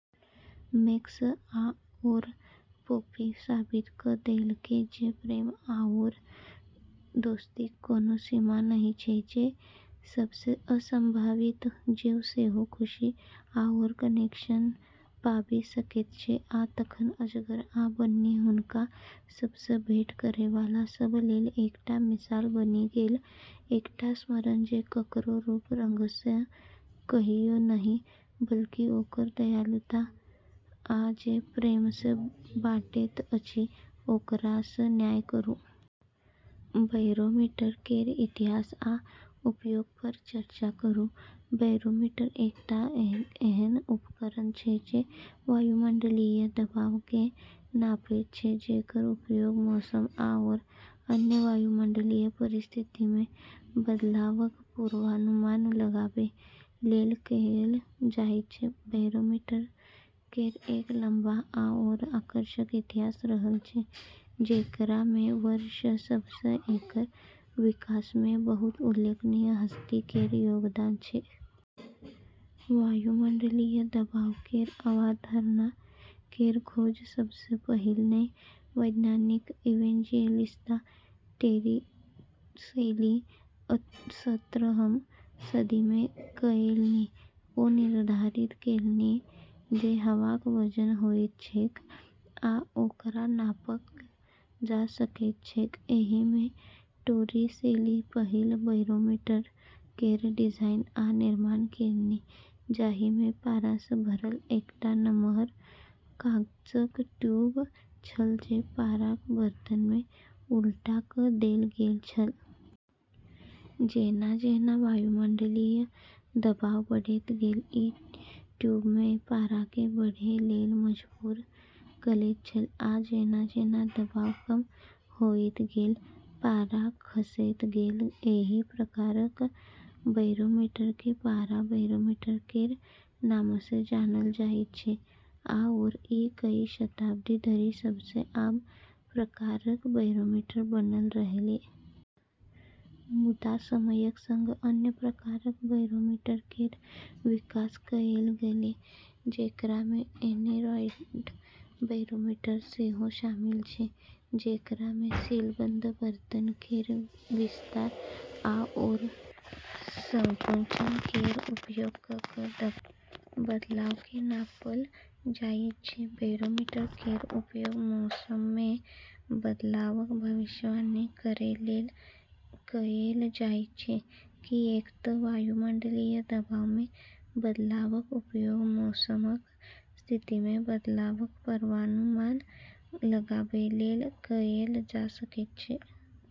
Max आओर Poppy साबित कऽ देलकै जे प्रेम आओर दोस्तीक कोनो सीमा नहि छै, जे सबसँ असंभावित जीव सेहो खुशी आओर कनेक्शन पाबि सकैत छै। आ तखन अजगर आ बन्नी हुनका सभसँ भेट करैवाला सभ लेल एकटा मिसाल बनि गेल, एकटा स्मरण जे ककरो रूप-रंगसँ कहियो नहि, बल्कि, ओकर दयालुता आ जे प्रेमसँ बाँटैत अछि, ओकरासँ न्याय करू। बैरोमीटर केर इतिहास आ उपयोगपर चर्चा करू। बैरोमीटर एकटा एहन उपकरण छै जे वायुमंडलीय दबावकेँ नापैत छै, जेकर उपयोग मौसम आओर अन्य वायुमंडलीय परिस्थितिमे बदलावक पूर्वानुमान लगाबै लेल कएल जाइत छै। बैरोमीटर केर एक लंबा आओर आकर्षक इतिहास रहल छै, जेकरामे वर्ष सभसँ एकर विकासमे बहुत उल्लेखनीय हस्ती केर योगदान छै। वायुमंडलीय दबाव केर अवधारणा केर खोज सबसँ पहिने वैज्ञानिक इवेंजेलिस्ता टोरिसेली सत्रहम सदीमे कएलनि। ओ निर्धारित केलनि जे हवाक वजन होइत छैक आ ओकरा नापल जा सकैत छैक। एहिमे टोरिसेली पहिल बैरोमीटर केर डिजाइन आ निर्माण केलनि, जाहिमे पारासँ भरल एकटा नम्हर काँचक ट्यूब छल जे पाराक बर्तनमे उल्टा कऽ देल गेल छल। जेना-जेना वायुमंडलीय दबाव बढ़ैत गेल, ई ट्यूबमे पाराकेँ बढ़ै लेल मजबूर करैत छल, आ जेना-जेना दबाव कम होइत गेल, पारा खसैत गेल। एहि प्रकारक बैरोमीटरकेँ पारा बैरोमीटर केर नामसँ जानल जाइत छै, आओर ई कई शताब्दी धरि सबसँ आम प्रकारक बैरोमीटर बनल रहलै। मुदा समयक संग अन्य प्रकारक बैरोमीटर केर विकास कएल गेलै, जेकरामे एनेरॉइड बैरोमीटर सेहो शामिल छै, जेकरामे सीलबंद बर्तन केर विस्तार आओर संकुचन केर उपयोग कऽ कऽ दबावमे बदलावकेँ नापल जाइत छै। बैरोमीटर केर उपयोग मौसममे बदलावक भविष्यवाणी करै लेल कएल जाइत छै, किऐक तऽ वायुमंडलीय दबावमे बदलावक उपयोग मौसमक स्थितिमे बदलावक पूर्वानुमान लगाबै लेल कएल जा सकैत छै।